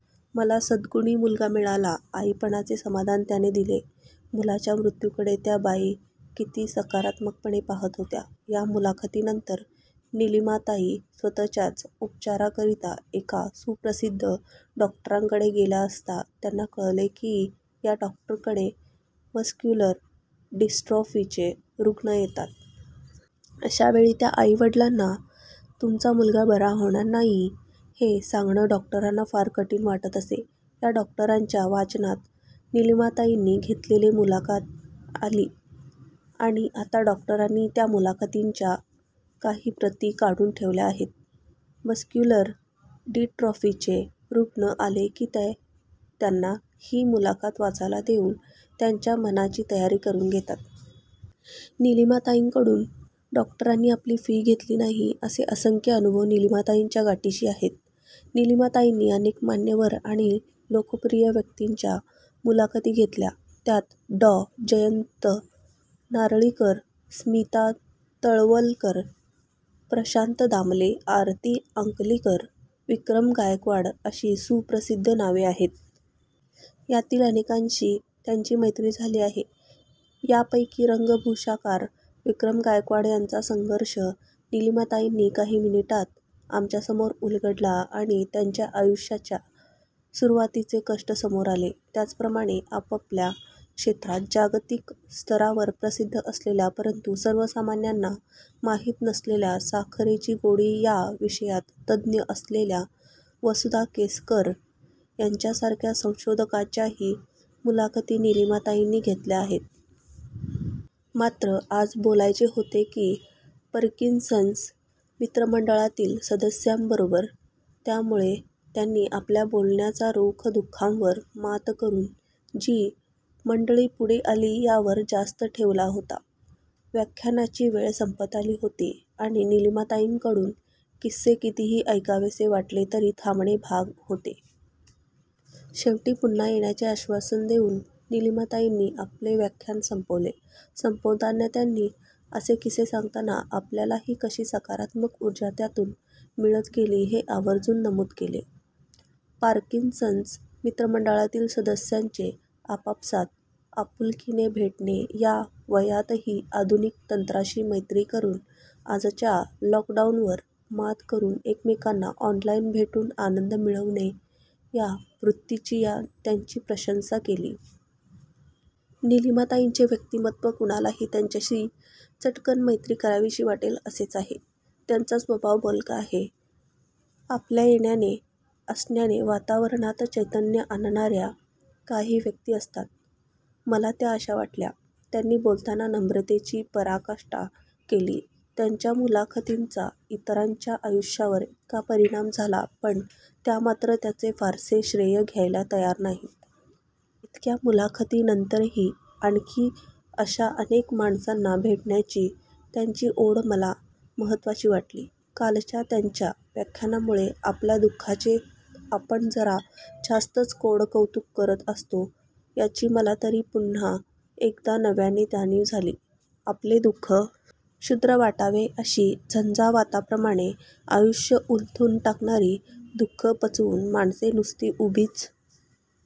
मला सद्गुणी मुलगा मिळाला. आईपणाचे समाधान त्याने दिले. मुलाच्या मृत्युकडे त्या बाई किती सकारात्मकपणे पाहात होत्या. या मुलाखतीनंतर निलिमाताई स्वतःच्याच उपचाराकरीता एका सुप्रसिद्ध डॉक्टरांकडे गेल्या असता त्यांना कळले की या डॉक्टरांकडे मस्क्युलर डिस्ट्रॉफीचे रुग्ण येतात. अशावेळी त्या आईवडिलांना तुमचा मुलगा बरा होणार नाही हे सांगणं डॉक्टरांना फार कठीण वाटत असे. या डॉक्टरांच्या वाचनात निलिमाताईंनी घेतलेली मुलाखत आली. आणि आता डॉक्टरांनी त्या मुलाखतींच्या काही प्रती काढून ठेवल्या आहेत. मस्क्युलर डिस्ट्रॉफीचे रुग्ण आले की ते त्यांना ही मुलाखत वाचायला देऊन त्यांच्या मनाची तयारी करून घेतात. निलिमाताईंकडून डॉक्टरांनी आपली फी घेतली नाही. असे असंख्य अनुभव निलिमाताईंच्या गाठीशी आहेत. निलिमाताईंनी अनेक मान्यवर आणि लोकप्रिय व्यक्तींच्या मुलाखती घेतल्या. त्यात डॉ. जयंत नारळीकर, स्मिता तळवलकर, प्रशांत दामले, आरती अंकलिकर, विक्रम गायकवाड अशी सुप्रसिद्ध नावे आहेत. यातील अनेकांशी त्यांची मैत्री झाली आहे. यापैकी रंगभूषाकार विक्रम गायकवाड यांचा संघर्ष निलिमाताईंनी काही मिनिटात आमच्यासमोर उलगडला आणि त्यांच्या आयुष्याच्या सुरुवातीचे कष्ट समोर आले. त्याचप्रमाणे आपापल्या क्षेत्रात जागतिक स्तरावर प्रसिद्ध असलेल्या परंतु सर्वसामान्यांना माहित नसलेल्या साखरेची गोडी या विषयात तज्ञ असलेल्या वसुधा केसकर यांच्यासारख्या संशोधकाच्याही मुलाखती निलिमाताईंनी घेतल्या आहेत. मात्र आज बोलायचे होते ते पार्किन्सन्स मित्रमंडळातील सदस्यांबरोबर. त्यामुळे त्यांनी आपल्या बोलण्याचा रोख दु:खांवर मात करून जी मंडळी पुढे आली यावर जास्त ठेवला होता. व्याख्यानाची वेळ संपत आली होती आणि निलिमाताईंकडून किस्से कितीही ऐकावेसे वाटले तरी थांबणे भाग होते. शेवटी पुन्हा येण्याचे आश्वासन देऊन निलिमाताईंनी आपले व्याख्यान संपवले. संपवताना त्यांनी असे किस्से सांगताना आपल्यालाही कशी सकारात्मक उर्जा त्यातून मिळत गेली हे आवर्जून नमूद केले. पार्किन्सन्स मित्रमंडळातील सदस्यांचे आपापसात आपुलकिने भेटणे, या वयातही आधुनिक तंत्राशी मैत्री करून आजच्या लॉकडाऊनवर मात करून एकमेकांना ऑनलाईन भेटून आनंद मिळवणे या वृत्तीची त्यांनी प्रशंसा केली. निलिमाताईंचे व्यक्तीमत्व कुणालाही त्यांच्याशी चटकन मैत्री कराविशी वाटेल असेच आहे. त्यांचा स्वभाव बोलका आहे. आपल्या येण्याने, असण्याने वातावरणात चैतन्य आणणार्या काही व्यक्ती असतात. मला त्या अशा वाटल्या. त्यांनी बोलताना नम्रतेची पराकाष्ठा केली. त्यांच्या मुलाखतींचा इतरांच्या आयुष्यावर इतका परिणाम झाला पण त्या मात्र त्याचे फारसे श्रेय घ्यायला तयार नाहीत. इतक्या मुलाखतींनंतरही आणखी अशा अनेक माणसांना भेटण्याची त्यांची ओढ मला महत्त्वाची वाटली. कालच्या त्यांच्या व्याख्यानामुळे आपल्या दु:खाचे आपण जरा जास्तच कोडकौतुक करत असतो याची मला तरी पुन्हा एकदा नव्याने जाणीव झाली. आपले दु:ख क्षुद्र वाटावे अशी झंझावाताप्रमाणे आयुष्य उलथून टाकणारी दु; खं पचवून माणसे नुसती उभीच